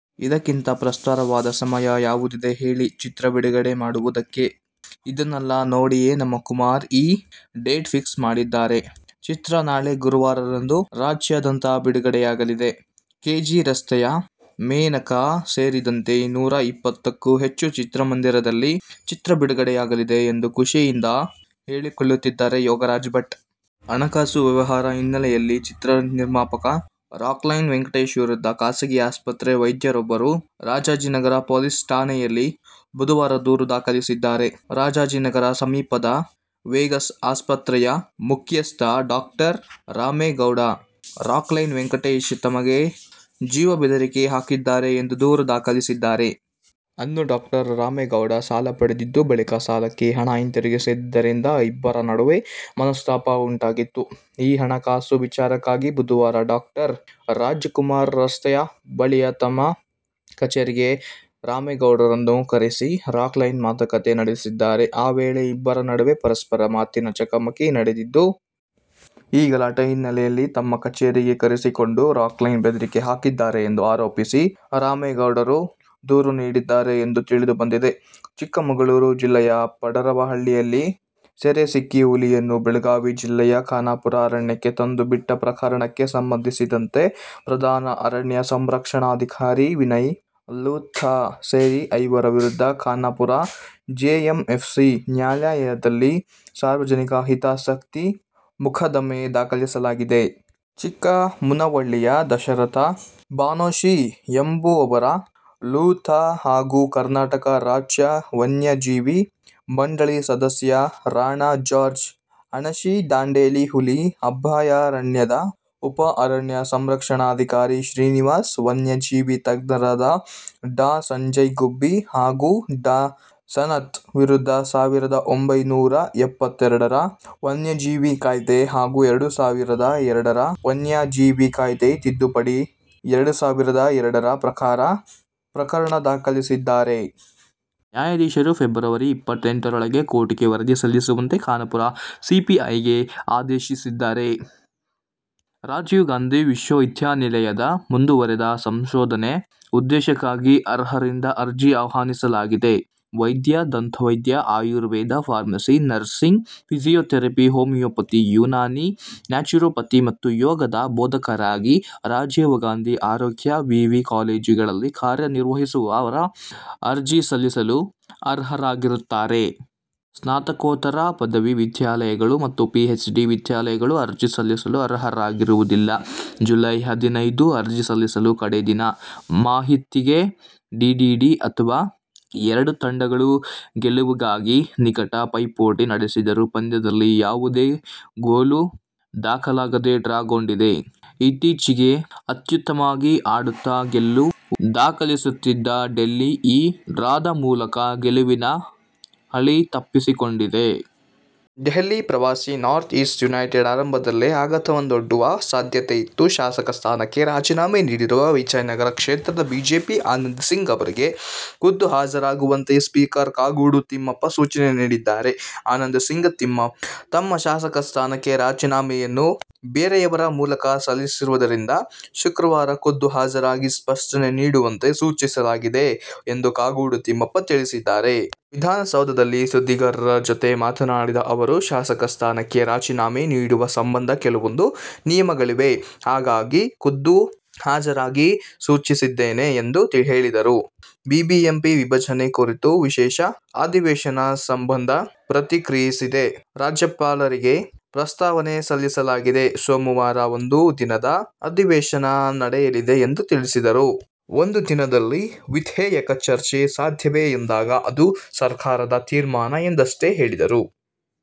ಇದಕ್ಕಿಂತ ಪ್ರಶಸ್ತವಾದ ಸಮಯ ಯಾವುದಿದೆ ಹೇಳಿ ಚಿತ್ರ ಬಿಡುಗಡೆ ಮಾಡುವುದಕ್ಕೆ. "ಇದನ್ನೆಲ್ಲಾ ನೋಡಿಯೇ ನಮ್ಮ ಕುಮಾರ್ ಈ ಡೇಟ್ ಫಿಕ್ಸ್ ಮಾಡಿದ್ದಾರೆ. ಚಿತ್ರ ನಾಳೆ ಗುರುವಾರ ರಂದು ರಾಜ್ಯದ್ಯಂತ ಬಿಡುಗಡೆಯಾಗುತ್ತಿದೆ. ಕೆ. ಜಿ. ರಸ್ತೆಯ ಮೇನಕಾ ಸೇರಿದಂತೆ ನೂರ ಇಪ್ಪತ್ತಕ್ಕೂ ಹೆಚ್ಚು ಚಿತ್ರಮಂದಿರಗಳಲ್ಲಿ ಚಿತ್ರ ಬಿಡಗುಡೆಯಾಗಲಿದೆ' ಎಂದು ಖುಷಿಯಿಂದ ಹೇಳಿಕೊಳ್ಳುತ್ತಾರೆ ಯೋಗರಾಜ್ ಭಟ್. ಹಣಕಾಸು ವ್ಯವಹಾರ ಹಿನ್ನೆಲೆಯಲ್ಲಿ ಚಿತ್ರ ನಿರ್ಮಾಪಕ ರಾಕ್ಲೈನ್ ವೆಂಕಟೇಶ್ ವಿರುದ್ಧ ಖಾಸಗಿ ಆಸ್ಪತ್ರೆ ವೈದ್ಯರೊಬ್ಬರು ರಾಜಾಜಿನಗರ ಪೊಲೀಸ್ ಠಾಣೆಯಲ್ಲಿ ಬುಧವಾರ ದೂರು ದಾಖಲಿಸಿದ್ದಾರೆ. ರಾಜಾಜಿನಗರ ಸಮೀಪದ ವೆಗಸ್ ಆಸ್ಪತ್ರೆಯ ಮುಖ್ಯಸ್ಥ ಡಡಾಕ್ಟರ್ ರಾಮೇಗೌಡ, ರಾಕ್ಲೈನ್ ವೆಂಕಟೇಶ್ ತಮಗೆ ಜೀವ ಬೆದರಿಕೆ ಹಾಕಿದ್ದಾರೆ ಎಂದು ದೂರು ದಾಖಲಿಸಿದ್ದಾರೆ. ಅನ್ನು ಡಾಕ್ಟರ್. ರಾಮೇಗೌಡ ಸಾಲ ಪಡೆದಿದ್ದು, ಬಳಿಕ ಸಕಾಲಕ್ಕೆ ಹಣ ಹಿಂತಿರುಗಿಸದಿದ್ದರಿಂದ ಇಬ್ಬರ ನಡುವೆ ಮನಸ್ತಾಪ ಉಂಟಾಗಿತ್ತು. ಈ ಹಣಕಾಸು ವಿಚಾರವಾಗಿ ಬುಧವಾರ ಡಾಕ್ಟರ್ ರಾಜ್ ಕುಮಾರ್ ರಸ್ತೆ ಬಳಿಯ ತಮ್ಮ ಕಚೇರಿಗೆ ರಾಮೇಗೌಡರನ್ನು ಕರೆಸಿ ರಾಕ್ಲೈನ್ ಮಾತುಕತೆ ನಡೆಸಿದ್ದಾರೆ. ಆ ವೇಳೆ ಇಬ್ಬರ ನಡುವೆ ಪರಸ್ಪರ ಮಾತಿನ ಚಕಮಕಿ ನಡೆದಿದೆ. ಈ ಗಲಾಟೆ ಹಿನ್ನೆಲೆಯಲ್ಲಿ ತಮ್ಮ ಕಚೇರಿಗೆ ಕರೆಸಿಕೊಂಡು ರಾಕ್ಲೈನ್ ಬೆದರಿಕೆ ಹಾಕಿದ್ದಾರೆ ಎಂದು ಆರೋಪಿಸಿ ರಾಮೇಗೌಡ ದೂರು ನೀಡಿದ್ದಾರೆ ಎಂದು ತಿಳಿದು ಬಂದಿದೆ. ಚಿಕ್ಕಮಗಳೂರು ಜಿಲ್ಲೆಯ ಪಂಡರವಳ್ಳಿಯಲ್ಲಿ ಸೆರೆ ಸಿಕ್ಕ ಹುಲಿಯನ್ನು ಬೆಳಗಾವಿ ಜಿಲ್ಲೆಯ ಖಾನಾಪುರ ಅರಣ್ಯಕ್ಕೆ ತಂದು ಬಿಟ್ಟ ಪ್ರಕರಣಕ್ಕೆ ಸಂಬಂಧಿಸಿದಂತೆ ಪ್ರಧಾನ ಅರಣ್ಯ ಸಂರಕ್ಷಣಾಧಿಕಾರಿ ವಿನಯ ಲೂಥಾ ಸೇರಿ ಐವರ ವಿರುದ್ಧ ಖಾನಾಪುರ ಜೆಎಂಎಫ್ಸಿ ನ್ಯಾಯಾಲಯದಲ್ಲಿ ಸಾರ್ವಜನಿಕ ಹಿತಾಸಕ್ತಿ ಮೊಕದ್ದಮೆ ದಾಖಲಾಗಿದೆ. ಚಿಕ್ಕಮುನವಳ್ಳಿಯ ದಶರಥ ಬನೋಶಿ ಎಂಬುವವರು, ಲೂಥಾ ಹಾಗೂ ಕರ್ನಾಟಕ ರಾಜ್ಯ ವನ್ಯಜೀವಿ ಮಂಡಳಿ ಸದಸ್ಯ ರಾಣಾ ಜಾರ್ಜ್, ಅಣಶಿ-ದಾಂಡೇಲಿ ಹುಲಿ ಅಭಯಾರಣ್ಯದ ಉಪ ಅರಣ್ಯ ಸಂರಕ್ಷಣಾಧಿಕಾರಿ ಶ್ರೀನಿವಾಸ, ವನ್ಯಜೀವಿ ತಜ್ಞರಾದ ಡಾ ಸಂಜಯ ಗುಬ್ಬಿ ಹಾಗೂ ಡಾ ಸನತ್ ವಿರುದ್ಧ ಸಾವಿರದ ಒಂಬೈನೂರ ಎಪ್ಪತ್ತೆರಡರ ವನ್ಯಜೀವಿ ಕಾಯ್ದೆ ಹಾಗೂ ಎರಡು ಸಾವಿರದ ಎರಡರ ವನ್ಯಜೀವಿ ಕಾಯ್ದೆ ತಿದ್ದುಪಡಿ ಎರಡು ಸಾವಿರದ ಎರಡರ ಪ್ರಕಾರ ಪ್ರಕರಣ ದಾಖಲಿಸಿದ್ದಾರೆ. ನ್ಯಾಯಾಧೀಶರು ಫೆಬ್ರವರಿ ಇಪ್ಪತ್ತೆಂಟರೊಳಗೆ ಕೋರ್ಟಿಗೆ ವರದಿ ಸಲ್ಲಿಸುವಂತೆ ಖಾನಾಪುರ ಸಿಪಿಐಗೆ ಆದೇಶಿಸಿದ್ದಾರೆ ಎಂದು ಬನೋಶಿ ತಿಳಿಸಿದ್ದಾರೆ. ರಾಜೀವ್ ಗಾಂಧಿ ವಿಶ್ವವಿದ್ಯಾನಿಲಯದ ಮುಂದುವರೆದ ಸಂಶೋಧನಾ ಉದ್ದೇಶಕ್ಕಾಗಿ ಅರ್ಹರಿಂದ ಅರ್ಜಿ ಆಹ್ವಾನಿಸಲಾಗಿದೆ. ವೈದ್ಯ, ದಂತ ವೈದ್ಯ, Ayurveda, pharmacy, nursing, physiotherapy, homeopathy, Unani, naturopathy ಮತ್ತು ಯೋಗದ ಬೋಧಕರಾಗಿ ರಾಜೀವ್ಗಾಂಧಿ ಆರೋಗ್ಯ ವಿವಿ ಕಾಲೇಜುಗಳಲ್ಲಿ ಕಾರ್ಯನಿರ್ವಹಿಸುತ್ತಿರುವರು ಅರ್ಜಿ ಸಲ್ಲಿಸಲು ಅರ್ಹರಾಗಿರುತ್ತಾರೆ. ಸ್ನಾತಕೋತ್ತರ ಪದವಿ ವಿದ್ಯಾರ್ಥಿಗಳು ಮತ್ತು ಪಿಎಚ್ಡಿ ವಿದ್ಯಾರ್ಥಿಗಳು ಅರ್ಜಿ ಸಲ್ಲಿಸಲು ಅರ್ಹರಾಗಿರುವುದಿಲ್ಲ. ಜುಲೈ ಹದಿನೈದು ಅರ್ಜಿ ಸಲ್ಲಿಸಲು ಕಡೆ ದಿನ. ಮಾಹಿತಿಗೆ ಡಿಡಿಡಿಅಥವಾ. ಎರಡೂ ತಂಡಗಳು ಗೆಲುವಿಗಾಗಿ ನಿಕಟ ಪೈಪೋಟಿ ನಡೆಸಿದರೂ ಪಂದ್ಯದಲ್ಲಿ ಯಾವುದೇ ಗೋಲು ದಾಖಲಾಗದೆ ಡ್ರಾಗೊಂಡಿದೆ. ಇತ್ತೀಚೆಗೆ ಅತ್ಯುತ್ತಮವಾಗಿ ಆಡುತ್ತ ಗೆಲುವು ದಾಖಲಿಸುತ್ತಿದ್ದ ಡೆಲ್ಲಿ ಈ ಡ್ರಾದ ಮೂಲಕ ಗೆಲುವಿನ ಹಳಿ ತಪ್ಪಿಸಿಕೊಂಡಿದೆ. ಡೆಲ್ಲಿಗೆ ಪ್ರವಾಸಿ ನಾರ್ಥ್ ಈಸ್ಟ್ ಯುನೈಟೆಡ್ ಆರಂಭದಲ್ಲೇ ಆಘಾತವೊಡ್ಡುವ ಸಾಧ್ಯತೆಯಿತ್ತು. ಶಾಸಕ ಸ್ಥಾನಕ್ಕೆ ರಾಜೀನಾಮೆ ನೀಡಿರುವ ವಿಜಯನಗರ ಕ್ಷೇತ್ರದ ಬಿಜೆಪಿ ಆನಂದ್ಸಿಂಗ್ ಅವರಿಗೆ ಖುದ್ದು ಹಾಜರಾಗುವಂತೆ ಸ್ಪೀಕರ್ ಕಾಗೋಡು ತಿಮ್ಮಪ್ಪ ಸೂಚನೆ ನೀಡಿದ್ದಾರೆ. ಆನಂದ್ಸಿಂಗ್ ತಮ್ಮ ಶಾಸಕ ಸ್ಥಾನಕ್ಕೆ ರಾಜೀನಾಮೆಯನ್ನು ಬೇರೆಯವರ ಮೂಲಕ ಸಲ್ಲಿಸಿರುವುದರಿಂದ ಶುಕ್ರವಾರ ಖುದ್ದು ಹಾಜರಾಗಿ ಸ್ಪಷ್ಟನೆ ನೀಡುವಂತೆ ಸೂಚಿಸಲಾಗಿದೆ ಎಂದು ಕಾಗೋಡು ತಿಮ್ಮಪ್ಪ ತಿಳಿಸಿದ್ದಾರೆ. ವಿಧಾನಸೌಧದಲ್ಲಿ ಸುದ್ದಿಗಾರರ ಜತೆ ಮಾತನಾಡಿದ ಅವರು, ಶಾಸಕ ಸ್ಥಾನಕ್ಕೆ ರಾಜೀನಾಮೆ ನೀಡುವ ಸಂಬಂಧ ಕೆಲವೊಂದು ನಿಯಮಗಳಿವೆ. ಹಾಗಾಗಿ, ಖುದ್ದು ಹಾಜರಿಗೆ ಸೂಚಿಸಿದ್ದೇನೆ ಎಂದು ಹೇಳಿದರು. ಬಿಬಿಎಂಪಿ ವಿಭಜನೆ ಕುರಿತು ವಿಶೇಷ ಅಧಿವೇಶನ ಸಂಬಂಧ ಪ್ರತಿಕ್ರಿಯಿಸಿ, ರಾಜ್ಯಪಾಲರಿಗೆ ಪ್ರಸ್ತಾವನೆ ಸಲ್ಲಿಸಲಾಗಿದೆ. ಸೋಮವಾರ ಒಂದು ದಿನದ ಅಧಿವೇಶನ ನಡೆಯಲಿದೆ ಎಂದು ತಿಳಿಸಿದರು. ಒಂದು ದಿನದಲ್ಲಿ ವಿಧೇಯಕ ಚರ್ಚೆ ಸಾಧ್ಯವೇ ಎಂದಾಗ, ಅದು ಸರ್ಕಾರದ ತೀರ್ಮಾನ ಎಂದಷ್ಟೇ ಹೇಳಿದರು.